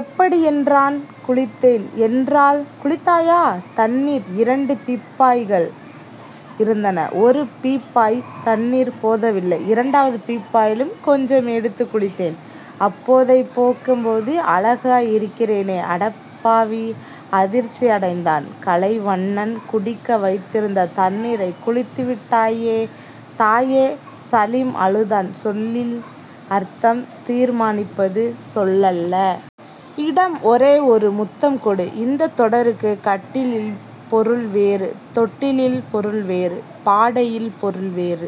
எப்படி? என்றான். குளித்தேன் என்றாள். குளித்தாயா? தண்ணீர்..? இரண்டு பீப்பாய்கள் இருந்தன. ஒரு பீப்பாய்த் தண்ணீர் போதவில்லை. இரண்டாவது பீப்பாயிலும் கொஞ்சம் எடுத்துக் குளித்தேன். அப்போதைக்கிப்போது அழகாய் இருக்கிறேனா? அடிப்பாவி. அதிர்ச்சியடைந்தான் கலைவண்ணன். குடிக்க வைத்திருந்த தண்ணீரைக் குளித்துவிட்டாயே தாயே சலீம் அழுதான். சொல்லின் அர்த்தம் தீர்மானிப்பது சொல்லல்ல. இடம். ஒரே ஒரு முத்தம் கொடு. இந்தத் தொடருக்குக் கட்டிலில் பொருள் வேறு. தொட்டிலில் பொருள் வேறு. பாடையில் பொருள் வேறு.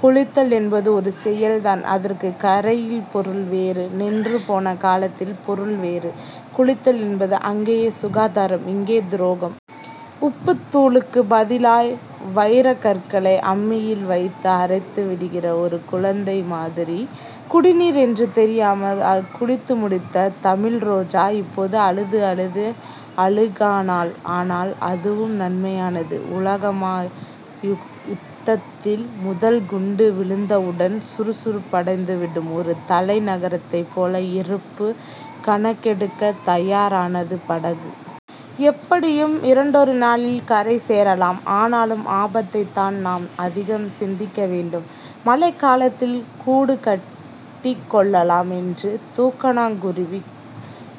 குளித்தல் என்பது ஒரு செயல்தான். அதற்குக் கரையில் பொருள் வேறு. நின்றுபோன கலத்தில் பொருள் வேறு. குளித்தல் என்பது அங்கே சுகாதாரம். இங்கே துரோகம். உப்புத்தூளுக்குப் பதிலாய் வைரக்கற்களை அம்மியில் வைத்து அரைத்துவிடுகிற ஒரு குழந்தை மாதிரி குடிநீர் என்று தெரியாமல் அதில் குளித்து முடித்த தமிழ்ரோஜா இப்போது அழுது அழுது அழுக்கானாள். ஆனால், அதுவும் நன்மையானது. உலகமகா யுத்தத்தில் முதல் குண்டு விழுந்தவுடன் சுறுசுறுப்படைந்துவிடும் ஒரு தலைநகரத்தைப் போல இருப்புக் கணக்கெடுக்கத் தயாரானது படகு. எப்படியும் இரண்டொரு நாளில் கரை சேரலாம். ஆனாலும் ஆபத்தைத்தான் நாம் அதிகம் சிந்திக்க வேண்டும். மழைக்காலத்தில் கூடு கட்டிக் கொள்ளலாம் என்று தூக்கணாங்குருவி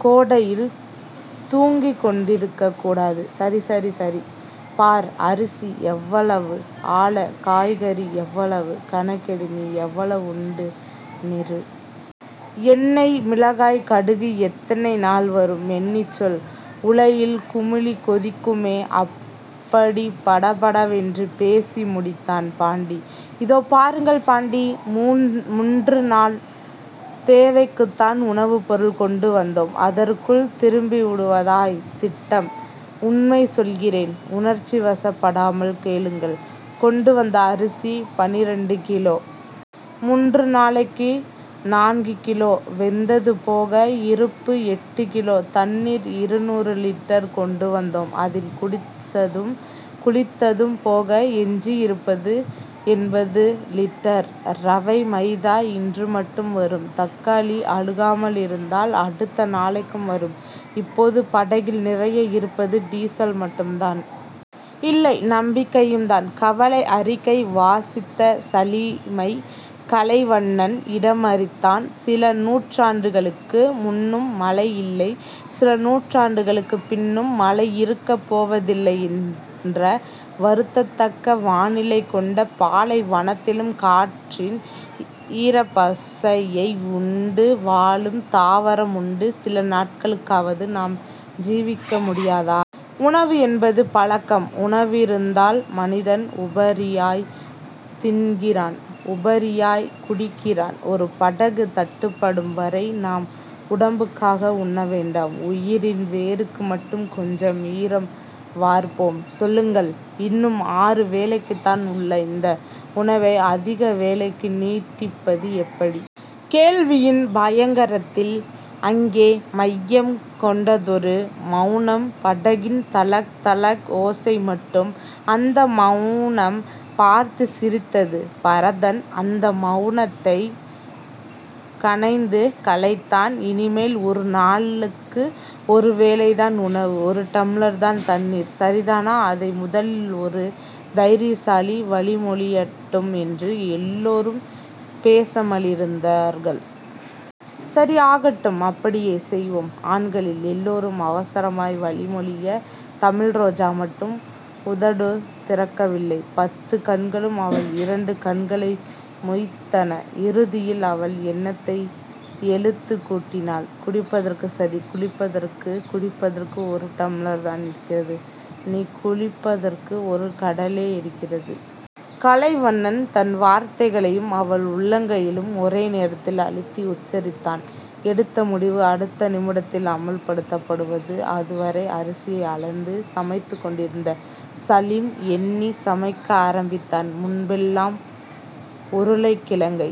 கோடையில் தூங்கிக்கொண்டிருக்கக் கூடாது. சரி... சரி... சரி பார். அரிசி எவ்வளவு? அள. காய்கறி எவ்வளவு? கணக்கெடு. நீ எவ்வளவுண்டு நிறு. எண்ணெய் மிளகாய் கடுகு எத்தனை நாள் வரும்? எண்ணிச் சொல். உலையில் குமிழி கொதிக்குமே. அப்படிப் படபடவென்று பேசி முடித்தான் பாண்டி. இதோ பாருங்கள் பாண்டி. முன்று நாள் தேவைக்குத்தான் உணவுப்பொருள் கொண்டு வந்தோம். அதற்குள் திரும்பிவிடுவதாய்த் திட்டம். உண்மை சொல்கிறேன். உணர்ச்சிவசப்படாமல் கேளுங்கள். கொண்டு வந்த அரிசி பன்னிரண்டு கிலோ. முன்று நாளைக்கு. நான்கு கிலோ வெந்தது போக, இருப்பு எட்டு கிலோ. தண்ணீர் இருநூறு லிட்டர் கொண்டு வந்தோம். அதில் குடித்ததும் குளித்ததும் போக எஞ்சியிருப்பது எண்பது லிட்டர். ரவை, மைதா இன்றுமட்டும் வரும். தக்காளி அழுகாமலிருந்தால் அடுத்த நாளைக்கும் வரும். இப்போது படகில் நிறைய இருப்பது டீசல் மட்டும்தான். இல்லை. நம்பிக்கையும்தான். கவலைஅறிக்கை வாசித்த சலீமைக் கலைவண்ணன் இடைமறித்தான். சில நூற்றாண்டுகளுக்கு முன்னும் மழை இல்லை. சில நூற்றாண்டுகளுக்குப் பின்னும் மழை இருக்கப் போவதில்லை என்ற வருந்தத்தக்க வானிலை கொண்ட பாலைவனத்திலும் காற்றின் ஈரப்பசையை உண்டு வாழும் தாவரம் உண்டு. சில நாட்களுக்காவது நாம் ஜீவிக்க முடியாதா? உணவு என்பது பழக்கம். உணவிருந்தால் மனிதன் உபரியாய்த் தின்கிறான். உபரியாய்க் குடிக்கிறான். ஒரு படகு தட்டுப்படும் வரை நாம் உடம்புக்காக உண்ண வேண்டாம். உயிரின் வேருக்கு மட்டும் கொஞ்சம் ஈரம் வார்ப்போம். சொல்லுங்கள்... இன்னும் ஆறு வேளைக்குத்தான் உள்ள இந்த உணவை அதிக வேளைக்கு நீட்டிப்பது எப்படி? கேள்வியின் பயங்கரத்தில் அங்கே மையம் கொண்டதொரு மெளனம். படகின் தளக், தளக், ஓசை மட்டும் அந்த மெளனம் பார்த்துச் சிரித்தது. பரதன் அந்த மெளனத்தைக் கனைத்துக் கலைத்தான். இனிமேல் ஒரு நாளுக்கு ஒரு வேளைதான் உணவு. ஒரு டம்ளர்தான் தண்ணீர். சரிதானா? அதை முதலில் ஒரு தைரியசாலி வழிமொழியட்டும் என்று எல்லோரும் பேசாமலிருந்தார்கள். சரி... ஆகட்டும்... அப்படியே செய்வோம்... ஆண்களில் எல்லோரும் அவசரமாய் வழிமொழிய, தமிழ்ரோஜா மட்டும் உதடுதிறக்கவில்லை. பத்துக் கண்களும் அவள் இரண்டு கண்களை மொய்த்தன. இறுதியில் அவள் எண்ணத்தை எழுத்துக் கூட்டினாள். குடிப்பதற்குச் சரி... குளிப்பதற்கு..? குடிப்பதற்கு ஒரு டம்ளர்தான் இருக்கிறது. நீ குளிப்பதற்கு ஒரு கடலே இருக்கிறது. கலைவண்ணன் தன் வார்த்தைகளையும் அவள் உள்ளங்கைகளையும் ஒரே நேரத்தில் அழுத்தி உச்சரித்தான். எடுத்த முடிவு அடுத்த நிமிடத்தில் அமல்படுத்தப்பட்டது. அதுவரை அரிசியை அளந்து சமைத்துக்கொண்டிருந்த சலீம் எண்ணிச் சமைக்க ஆரம்பித்தான். முன்பெல்லாம் உருளைக்கிழங்கை